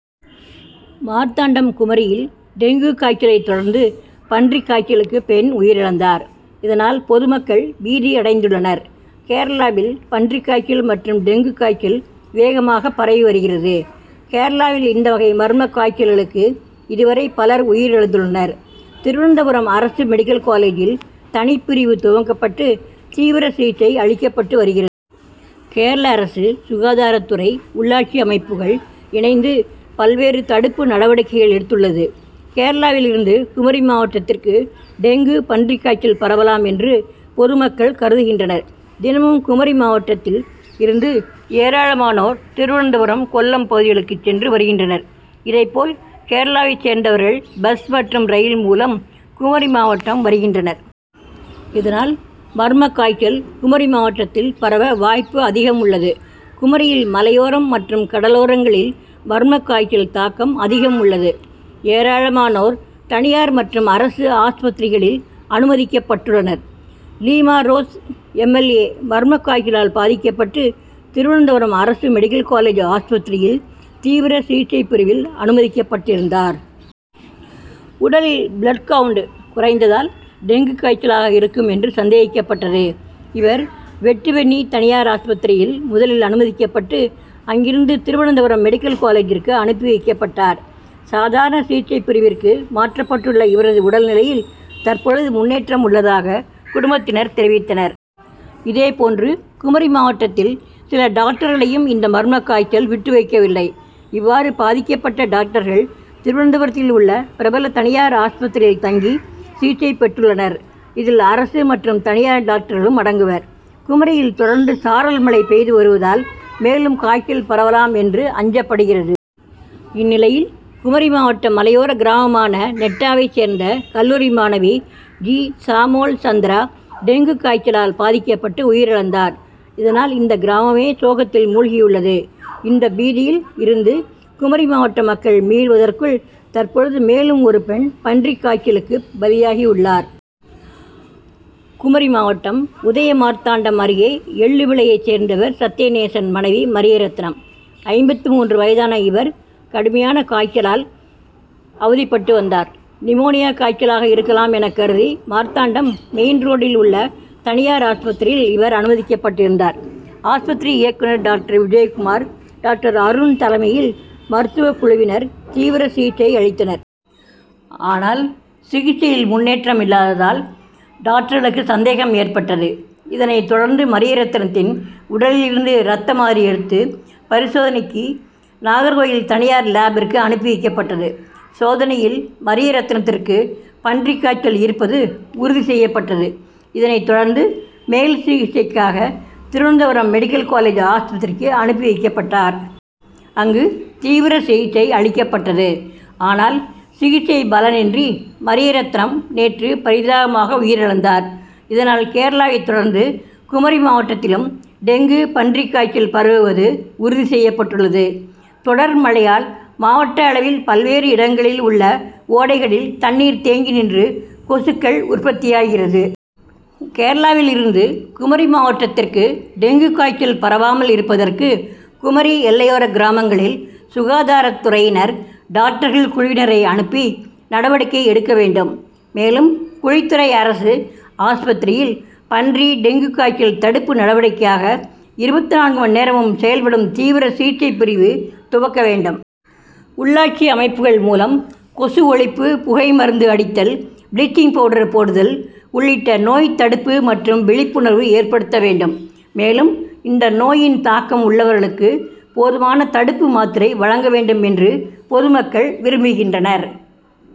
மார்த்தாண்டம் குமரியில் டெங்கு காய்ச்சலை தொடர்ந்து பன்றி காய்ச்சலுக்கு பெண் உயிரிழந்தார். இதனால் பொதுமக்கள் பீதியடைந்துள்ளனர். கேரளாவில் பன்றி காய்ச்சல் மற்றும் டெங்கு காய்ச்சல் வேகமாக பரவி வருகிறது. கேரளாவில் இந்த வகை மர்ம காய்ச்சல்களுக்கு இதுவரை பலர் உயிரிழந்துள்ளனர். திருவனந்தபுரம் அரசு மெடிக்கல் காலேஜில் தனிப்பிரிவு துவக்கப்பட்டு தீவிர சிகிச்சை அளிக்கப்பட்டு வருகிறது. கேரள அரசு, சுகாதாரத்துறை, உள்ளாட்சி அமைப்புகள் இணைந்து பல்வேறு தடுப்பு நடவடிக்கைகள் எடுத்துள்ளது. கேரளாவில் இருந்து குமரி மாவட்டத்திற்கு டெங்கு, பன்றி காய்ச்சல் பரவலாம் என்று பொதுமக்கள் கருதுகின்றனர். தினமும் குமரி மாவட்டத்தில் இருந்து ஏராளமானோர் திருவனந்தபுரம், கொல்லம் பகுதிகளுக்கு சென்று வருகின்றனர். இதை போல் கேரளாவை சேர்ந்தவர்கள் பஸ் மற்றும் ரயில் மூலம் குமரி மாவட்டம் வருகின்றனர். இதனால் மர்ம காய்ச்சல் குமரி மாவட்டத்தில் பரவ வாய்ப்பு அதிகமுள்ளது. குமரியில் மலையோரம் மற்றும் கடலோரங்களில் மர்ம காய்ச்சல் தாக்கம் அதிகமுள்ளது. ஏராளமானோர் தனியார் மற்றும் அரசு ஆஸ்பத்திரிகளில் அனுமதிக்கப்பட்டுள்ளனர். லீமாறோஸ் எம். எல். ஏ., மர்ம காய்ச்சலால் பாதிக்கப்பட்டு திருவனந்தபுரம் அரசு மெடிக்கல் காலேஜ் ஆஸ்பத்திரியில் தீவிர சிகிச்சை பிரிவில் அனுமதிக்கப்பட்டிருந்தார். உடலில் பிளட் கவுண்ட் குறைந்ததால் டெங்கு காய்ச்சலாக இருக்கும் என்று சந்தேகிக்கப்பட்டது. இவர் வெட்டுவெந்நி தனியார் ஆஸ்பத்திரியில் முதலில் அனுமதிக்கப்பட்டு, அங்கிருந்து திருவனந்தபுரம் மெடிக்கல் காலேஜிற்கு அனுப்பி வைக்கப்பட்டார். சாதாரண சிகிச்சை பிரிவிற்கு மாற்றப்பட்டுள்ள இவரது உடல் நிலையில் தற்பொழுது முன்னேற்றம் உள்ளதாக குடும்பத்தினர் தெரிவித்தனர். இதேப்போன்று குமரி மாவட்டத்தில் சில டாக்டர்களையும் இந்த மர்ம காய்ச்சல் விட்டு வைக்கவில்லை. இவ்வாறு பாதிக்கப்பட்ட டாக்டர்கள் திருவனந்தபுரத்தில் உள்ள பிரபல தனியார் ஆஸ்பத்திரியில் தங்கி சிகிச்சை பெற்றுள்ளனர். இதில் அரசு மற்றும் தனியார் டாக்டர்களும் அடங்குவர். குமரியில் தொடர்ந்து சாரல் மழை பெய்து வருவதால் மேலும் காய்ச்சல் பரவலாம் என்று அஞ்சப்படுகிறது. இந்நிலையில் குமரி மாவட்ட மலையோர கிராமமான நெட்டாவை சேர்ந்த கல்லூரி மாணவி ஜிசாமோள்சந்திரா டெங்கு காய்ச்சலால் பாதிக்கப்பட்டு உயிரிழந்தார். இதனால் இந்த கிராமமே சோகத்தில் முழ்கியுள்ளது. இந்த பீதியில் இருந்து குமரி மாவட்ட மக்கள் மீள்வதற்குள் தற்பொழுது மேலும் ஒரு பெண் பன்றி காய்ச்சலுக்கு பலியாகியுள்ளார். குமரி மாவட்டம், உதயமார்த்தாண்டம் அருகே எள்ளுவிளையை சேர்ந்தவர் சத்தியநேசன் மனைவி மரியரத்தினம். ஐம்பத்து மூன்று வயதான இவர் கடுமையான காய்ச்சலால் அவதிப்பட்டு வந்தார். நிமோனியா காய்ச்சலாக இருக்கலாம் என கருதி மார்த்தாண்டம் மெயின் ரோட்டில் உள்ள தனியார் ஆஸ்பத்திரியில் இவர் அனுமதிக்கப்பட்டிருந்தார். ஆஸ்பத்திரி இயக்குனர் டாக்டர் விஜயகுமார், டாக்டர் அருண் தலைமையில் மருத்துவ குழுவினர் தீவிர சிகிச்சை அளித்தனர். ஆனால் சிகிச்சையில் முன்னேற்றம் ஏற்படாததால் டாக்டர்களுக்கு சந்தேகம் ஏற்பட்டது. இதனை தொடர்ந்து மரியரத்தினத்தின் உடலில் இருந்து ரத்த மாதிரி எடுத்து பரிசோதனைக்கு நாகர்கோவில் தனியார் லேப்பிற்கு அனுப்பி வைக்கப்பட்டது. சோதனையில் மரியரத்தினத்திற்கு பன்றி காய்ச்சல் இருப்பது உறுதி செய்யப்பட்டது. இதனை தொடர்ந்து மேல் சிகிச்சைக்காக திருவனந்தபுரம் மெடிக்கல் காலேஜ் ஆஸ்பத்திரிக்கு அனுப்பி வைக்கப்பட்டார். அங்கு தீவிர சிகிச்சை அளிக்கப்பட்டது. ஆனால் சிகிச்சை பலனின்றி மரியரத்தினம் நேற்று பரிதாபமாக உயிரிழந்தார். இதனால் கேரளாவை தொடர்ந்து குமரி மாவட்டத்திலும் டெங்கு, பன்றி காய்ச்சல் பரவுவது உறுதி செய்யப்பட்டுள்ளது. தொடர் மழையால் மாவட்ட அளவில் பல்வேறு இடங்களில் உள்ள ஓடைகளில் தண்ணீர் தேங்கி நின்று கொசுக்கள் உற்பத்தியாகிறது. கேரளாவில் இருந்து குமரி மாவட்டத்திற்கு டெங்கு காய்ச்சல் பரவாமல் இருப்பதற்கு குமரி எல்லையோர கிராமங்களில் சுகாதாரத்துறையினர் டாக்டர்கள் குழுவினரை அனுப்பி நடவடிக்கை எடுக்க வேண்டும். மேலும் குழித்துறை அரசு ஆஸ்பத்திரியில் பன்றி, டெங்கு காய்ச்சல் தடுப்பு நடவடிக்கைக்காக இருபத்து நான்கு மணி நேரமும் செயல்படும் தீவிர சிகிச்சை பிரிவு துவக்க வேண்டும். உள்ளாட்சி அமைப்புகள் மூலம் கொசு ஒழிப்பு புகைமருந்து அடித்தல், பிளீச்சிங் பவுடர் போடுதல் உள்ளிட்ட நோய் தடுப்பு மற்றும் விழிப்புணர்வு ஏற்படுத்த வேண்டும். மேலும் இந்த நோயின் தாக்கம் உள்ளவர்களுக்கு போதுமான தடுப்பு மாத்திரை வழங்க வேண்டும் என்று பொதுமக்கள் விரும்புகின்றனர்.